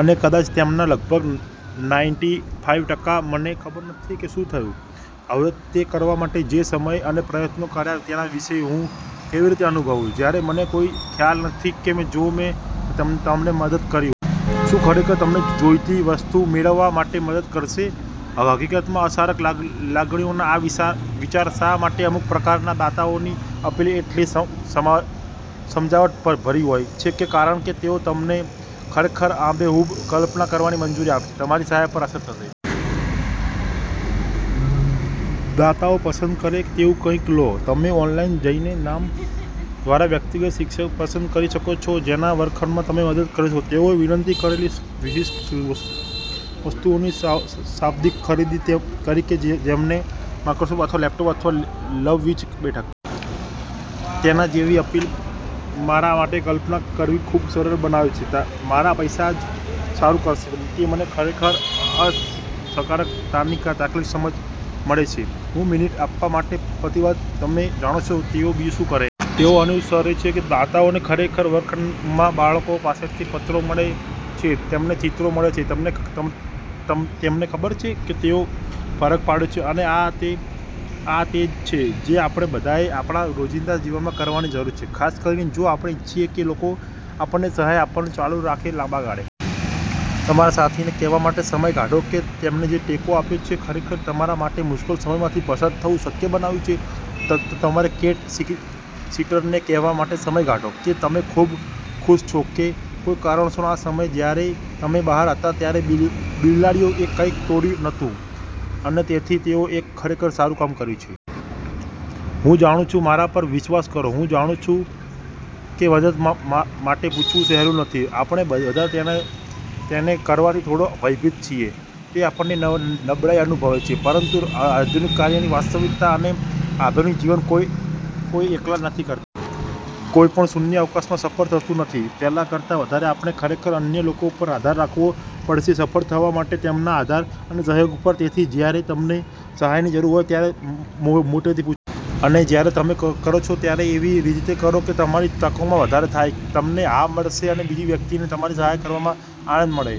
અને કદાચ તેમાંના લગભગ નાઈન્ટી ફાઈવ ટકા મને ખબર નથી કે શું થયું. હવે, તે કરવા માટે જે સમય અને પ્રયત્નો કર્યા તેના વિશે હું કેવી રીતે અનુભવું જ્યારે મને કોઈ ખ્યાલ નથી કે જો મેં તમને મદદ કરી હોય. શું તે ખરેખર તમને જોઈતી વસ્તુ મેળવવા માટે મદદ કરશે? હકીકતમાં, અસરકારક લાગણીનો આ વિચાર શા માટે અમુક પ્રકારના દાતાઓની અપીલ એટલી સમજાવટભરી હોય છે કારણ કે તેઓ તમને ખરેખર આબેહૂબ કલ્પના કરવાની મંજૂરી આપે છે તમારી સહાય પર અસર થશે. દાતાઓ પસંદ કરે તેવું કંઈક લો. તમે ઓનલાઇન જઈને નામ દ્વારા વ્યક્તિગત શિક્ષક પસંદ કરી શકો છો જેના વર્ગખંડમાં તમે મદદ કરી શકશો તેઓએ વિનંતી કરેલી વિશિષ્ટ વસ્તુઓની શાબ્દિક ખરીદી કરીને જેમકે માઇક્રોસ્કોપ અથવા લેપટોપ અથવા લવચીક બેઠક. તેના જેવી અપીલ મારા માટે કલ્પના કરવી ખૂબ જ સરળ બનાવે છે મારા પૈસા જે સારું કરશે તે મને ખરેખર અસરકારકતાની તાત્કાલિક સમજ મળે છે હું મિનિટ આપવા માટે પ્રતિબદ્ધ. તમે જાણો છો, તેઓ બીજું શું કરે? તેઓ અનુસરે છે. દાતાઓને ખરેખર વર્ગખંડમાં બાળકો પાસેથી પત્રો મળે છે, તેમને ચિત્રો મળે છે. તેમને ખબર પડે છે કે તેઓએ ફરક પાડ્યો છે. અને આ તે છે જે આપણે બધાએ આપણા રોજિંદા જીવનમાં કરવાની જરૂર છે ખાસ કરીને જો આપણે ઇચ્છીએ કે લોકો આપણેને સહાય આપવાનું ચાલુ રાખે લાંબા ગાળે. તમારા સાથીને કહેવા માટે સમય કાઢો કે તેમને જે ટેકો આપ્યો છે ખરેખર તમારા માટે મુશ્કેલ સમયમાંથી પસાર થવું શક્ય બનાવ્યું છે. તમારા કેટ-સિટરને કહેવા માટે સમય કાઢો કે તમે ખૂબ ખુશ છો કે કોઈ કારણોસર આ સમયે જ્યારે તમે બહાર હતા ત્યારે બિલાડીઓ એ કંઈ તોડયુ નહોતુ અને તેથી તેઓ એક ખરેખર સારું કામ કર્યું છે. હું જાણું છું, મારા પર વિશ્વાસ કરો, હું જાણું છું કે મદદ માટે પૂછવું સહેલું નથી. આપણે બધા તેને કરવાથી થોડો ભયભીત છીએ. તે આપણને નબળાઈ અનુભવે છે. પરંતુ આધુનિક કાર્યની વાસ્તવિકતા અને આધુનિક જીવન કોઈ એકલા નથી કરતા. કોઈ પણ શૂન્યાવકાશમાં સફળ થતું નથી. પહેલા કરતા વધારે આપણે ખરેખર અન્ય લોકો પર આધાર રાખવો પડશે સફળ થવા માટે તેમના આધાર અને સહયોગ પર. તેથી જ્યારે તમને સહાયની જરૂર હોય, ત્યારે મોટેથી પૂછો. અને જ્યારે તમે કરો છો, ત્યારે એવી રીતે કરો કે તમારી તકોમાં વધારો થાય કે તમને હા મળશે અને બીજી વ્યક્તિને તમારી સહાય કરવામાં આનંદ મળે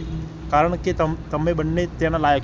કારણ કે તમે બંને તેના લાયક છો.